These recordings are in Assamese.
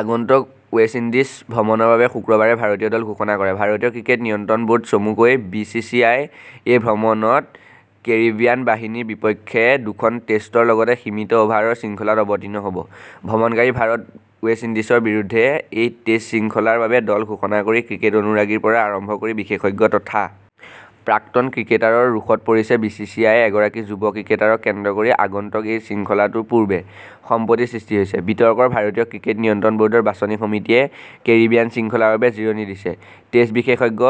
আগন্তুক ৱেষ্ট ইণ্ডিজ ভ্ৰমণৰ বাবে শুকুৰবাৰে ভাৰতীয় দল ঘোষণা কৰে ।ভাৰতীয় ক্ৰিকেট নিয়ন্ত্ৰণ ব'ৰ্ড চমুকৈ বি চি চি আই এই ভ্ৰমণত কেৰিবিয়ান বাহিনীৰ বিপক্ষে দুখন টেষ্টৰ লগতে সীমিত অভাৰৰ শৃংখলাত অৱতীৰ্ণ হব। ভ্ৰমণকাৰী ভাৰত ৱেষ্ট ইণ্ডিজৰ বিৰুদ্ধে এই টেষ্ট শৃংখলাৰ বাবে দল ঘোষণা কৰি ক্ৰিকেট অনুৰাগীৰ পৰা আৰম্ভ কৰি বিশেষজ্ঞ ।তথা প্ৰাক্তন ক্ৰিকেটাৰৰ ৰোষত পৰিছে বি চি চি আই এগৰাকী যুৱ ক্ৰিকেটাৰক কেন্দ্ৰ কৰি আগন্তুক এই শৃংখলাটোৰ পূৰ্বে সম্প্ৰতি সৃষ্টি হৈছে। বিতৰ্কৰ ভাৰতীয় ক্ৰিকেট নিয়ন্ত্ৰণ ব'ৰ্ডৰ বাছনি সমিতিয়ে কেৰিবিয়ান শৃংখলাৰ বাবে জিৰণি দিছে। টেষ্ট বিশেষজ্ঞ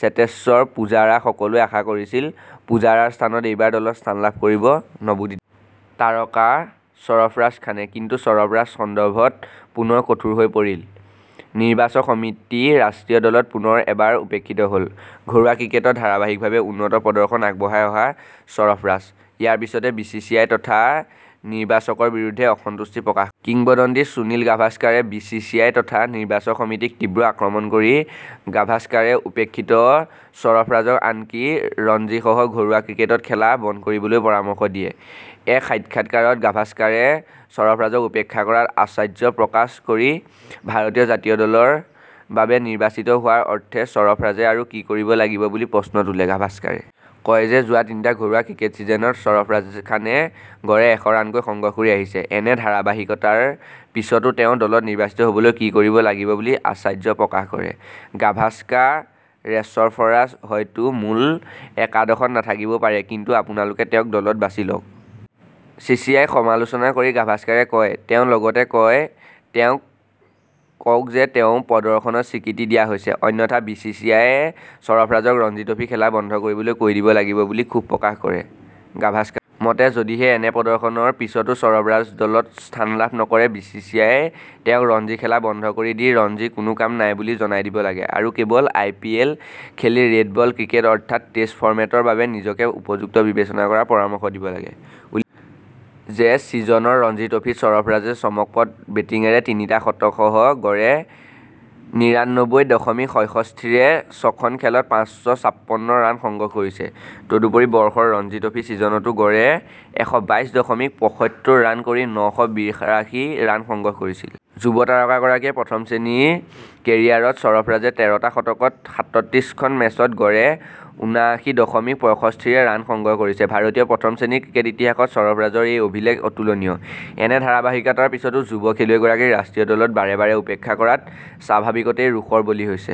চেতেশ্বৰ পূজাৰা সকলোৱে আশা কৰিছিল পূজাৰাৰ স্থানত এইবাৰ দলত স্থান লাভ কৰিব ।নৱোদিত তাৰকা ছৰফৰাজ খানে কিন্তু ছৰফৰাজ সন্দৰ্ভত পুনৰ কঠোৰ হৈ পৰিল ।নিৰ্বাচক সমিতি ৰাষ্ট্ৰীয় দলত পুনৰ এবাৰ উপেক্ষিত হল। ঘৰুৱা ক্ৰিকেটত ধাৰাবাহিকভাৱে উন্নত প্ৰদৰ্শন আগবঢ়াই অহা ছৰফৰাজ ।ইয়াৰ পিছতে বি চি চি আই তথা নিৰ্বাচকৰ বিৰুদ্ধে অসন্তুষ্টি প্ৰকাশ কৰে। কিংবদন্তি সুনীল গাভাস্কাৰে বি চি চি আই তথা নিৰ্বাচক সমিতিক তীব্ৰ আক্ৰমণ কৰি গাভাস্কাৰে উপেক্ষিত ছৰফৰাজক আনকি ৰঞ্জীসহ ঘৰুৱা ক্ৰিকেটত খেলা বন্ধ কৰিবলৈও পৰামৰ্শ দিয়ে। এক সাক্ষাৎকাৰত গাভাস্কাৰে ছৰফৰাজক উপেক্ষা কৰাত আশ্চৰ্য প্ৰকাশ কৰি ভাৰতীয় জাতীয় দলৰ বাবে নিৰ্বাচিত হোৱাৰ অৰ্থে ছাৰফৰাজে আৰু কি কৰিব লাগিব বুলি প্ৰশ্ন তোলে। গাভাস্কাৰে কয় যে যোৱা তিনিটা ঘৰুৱা ক্ৰিকেট ছিজনতে ছৰফৰাজ খানে গড়ে এশ ৰানকৈ সংগ্ৰহ কৰি আহিছে। এনে ধাৰাবাহিকতাৰ পিছতো তেওঁ দলত নিৰ্বাচিত হবলৈ কি কৰিব লাগিব বুলি আশ্চৰ্য প্ৰকাশ কৰে। গাভাস্কা ৰেছৰফৰাজ হয়তো মূল একাদশত নাথাকিবও পাৰে কিন্তু আপোনালোকে তেওঁক দলত বাছি লওক । চি চি আইক সমালোচনা কৰি গাভাস্কাৰে কয় তেওঁ লগতে কয় তেওঁক কওক যে তেওঁৰ প্ৰদৰ্শনক স্বীকৃতি দিয়া হৈছে। অন্যথা বি চি চি আই এ ছৰফৰাজক ৰঞ্জী ট্ৰফী খেলা বন্ধ কৰিবলৈ কৈ দিব লাগি বুলি ক্ষোভ প্ৰকাশ কৰে ।গাভাস্কাৰৰ মতে যদিহে এনে প্ৰদৰ্শনৰ পিছতো ছৰফৰাজে দলত স্থান লাভ নকৰে বি চি চি আই এ তেওঁক ৰঞ্জী খেলা বন্ধ কৰি দি ৰঞ্জীৰ কোনো কাম নাই বুলি জনাই দিব লাগে আৰু কেৱল আই পি এল খেলি ৰেড বল ক্ৰিকেট অৰ্থাৎ টেষ্ট ফৰ্মেটৰ বাবে নিজকে উপযুক্ত বিবেচনা কৰাৰ পৰামৰ্শ দিব লাগে। যে ছিজনৰ ৰঞ্জি ট্ৰফীত ছৰফৰাজে চমক প্ৰদ বেটিঙেৰে তিনিটা শতকসহ গড়ে নিৰানব্বৈ দশমিক ছয়ষষ্ঠিৰে ছখন খেলত পাঁচশ চাপোন্ন ৰান সংগ্ৰহ কৰিছে। তদুপৰি বৰ্ষৰ ৰঞ্জি ট্ৰফী ছিজনতো গড়ে এশবাইছ দশমিক পয়সত্তৰ ৰান কৰি নশ বিৰাশী ৰান সংগ্ৰহ কৰিছিল। যুৱ তাৰকাগৰাকীয়ে প্ৰথম শ্ৰেণীৰ কেৰিয়াৰত ছৰফৰাজে তেৰটা শতকসহ সাতত্ৰিছখন মেচত গড়ে উনাআশী দশমিক পয়ষষ্ঠিৰে ৰান সংগ্ৰহ কৰিছে। ভাৰতীয় প্ৰথম শ্ৰেণীৰ ক্ৰিকেট ইতিহাসত ছৰফৰাজৰ এই অভিলেখ অতুলনীয় এনে ধাৰাবাহিকতাৰ পিছতো যুৱ খেলুৱৈগৰাকীক ৰাষ্ট্ৰীয় দলত বাৰে বাৰে উপেক্ষা কৰাত স্বাভাৱিকতেই ৰোষৰ বলি হৈছে।